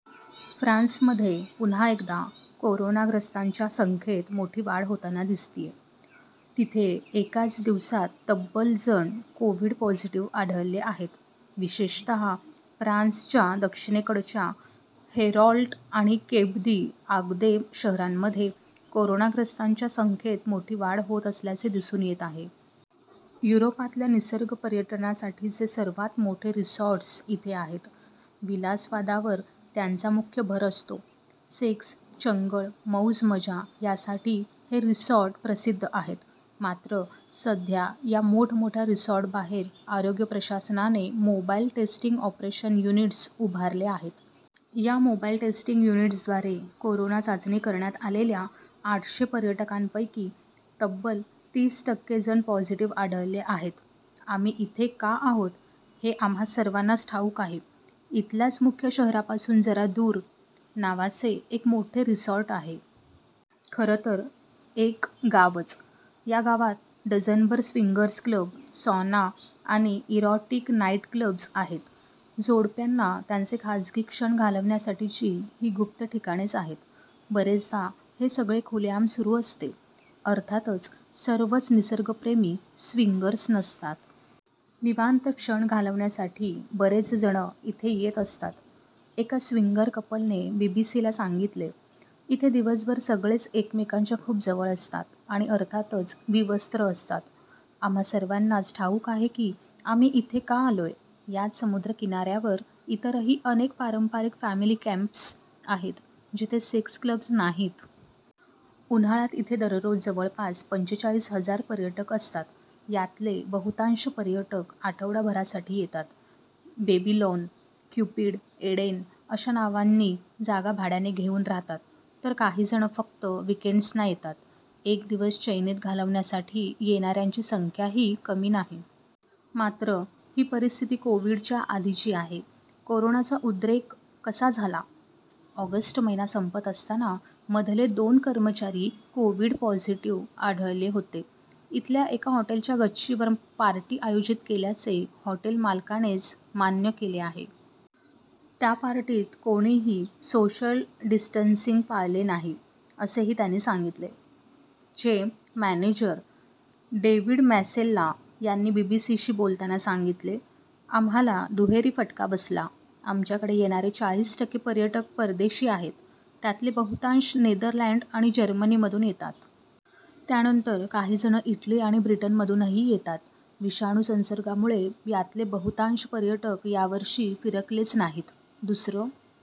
फ्रान्समध्ये पुन्हा एकदा कोरोनाग्रस्तांच्या संख्येत मोठी वाढ होताना दिसतेय. तिथे एकाच दिवसात तब्बल जण कोव्हिड पॉझिटिव्ह आढळले आहेत. विशेषतः फ्रान्सच्या दक्षिणेकडच्या हेरॉल्ट आणि केप दी'आगदे शहरांमध्ये कोरोनाग्रस्तांच्या संख्येत मोठी वाढ होत असल्याचे दिसून येत आहे. युरोपातल्या निसर्ग पर्यटनासाठीचे सर्वात मोठे रिसॉर्ट्स इथे आहेत. विलासवादावर त्यांचा मुख्य भर असतो. सेक्स, चंगळ, मौज-मजा यासाठी हे रिसॉर्ट प्रसिद्ध आहेत. मात्र, सध्या या मोठमोठ्या रिसोर्टबाहेर आरोग्य प्रशासनाने मोबाईल टेस्टिंग ऑपरेशन युनिट्स उभारले आहेत. या मोबाईल टेस्टिंग युनिट्सद्वारे कोरोना चाचणी करण्यात आलेल्या आठशे पर्यटकांपैकी तब्बल तीस टक्के जण पॉझिटिव्ह आढळले आहेत। 'आम्ही इथे का आहोत, हे आम्हा सर्वांनाच ठाऊक आहे' इथल्याच मुख्य शहरापासून जरा दूर '' नावाचे एक मोठे रिसॉर्ट आहे. खरंतर एक गावच. या गावात डझनभर स्विंगर्स क्लब, सॉना आणि इरॉटिक नाईटक्लब्ज आहेत. जोडप्यांना त्यांचे खाजगी क्षण घालवण्यासाठीची ही गुप्त ठिकाणेच आहेत. बरेचदा हे सगळे खुलेआम सुरू असते. अर्थातच सर्वच निसर्गप्रेमी स्विंगर्स नसतात. निवांत क्षण घालवण्यासाठी बरेचजण इथे येत असतात. एका स्विंगर कपलने बीबीसीला सांगितले, "इथे दिवसभर सगळेच एकमेकांच्या खूप जवळ असतात आणि अर्थातच विवस्त्र असतात." "आम्हा सर्वांनाच ठाऊक आहे की आम्ही इथे का आलोय. याच समुद्रकिनाऱ्यावर इतरही अनेक पारंपरिक फॅमिली कॅम्प्स आहेत जिथे सेक्स क्लब्ज नाहीत." उन्हाळ्यात इथे दररोज जवळपास पंचेचाळीस हजार पर्यटक असतात। यातले बहुतांश पर्यटक आठवडाभरासाठी येतात. बेबीलोन, क्युपिड, एडेन अशा नावांनी जागा भाड्याने घेऊन राहतात. तर काही जण फक्त विकेंड्सना येतात. एक दिवस चैनीत घालवण्यासाठी येणाऱ्यांची संख्याही कमी नाही. मात्र, ही परिस्थिती कोव्हिडच्या आधीची आहे. कोरोनाचा उद्रेक कसा झाला? ऑगस्ट महिना संपत असताना ' 'मधले दोन कर्मचारी कोव्हिड पॉझिटिव्ह आढळले होते. इथल्या एका हॉटेलच्या गच्चीवर पार्टी आयोजित केल्याचे, हॉटेल मालकानेच मान्य केले आहे. त्या पार्टीत कोणीही सोशल डिस्टंसिंग पाळले नाही, असेही त्यांनी सांगितले. ' 'चे मॅनेजर डेव्हिड मॅसेल्ला यांनी बीबीसीशी बोलताना सांगितले, "आम्हाला दुहेरी फटका बसला. आमच्याकडे येणारे चाळीस टक्के पर्यटक परदेशी आहेत। त्यातले बहुतांश नेदरलँड आणि जर्मनीमधून येतात. त्यानंतर काहीजण इटली आणि ब्रिटनमधूनही येतात." "विषाणू संसर्गामुळे यातले बहुतांश पर्यटक यावर्षी फिरकलेच नाहीत. दुसरं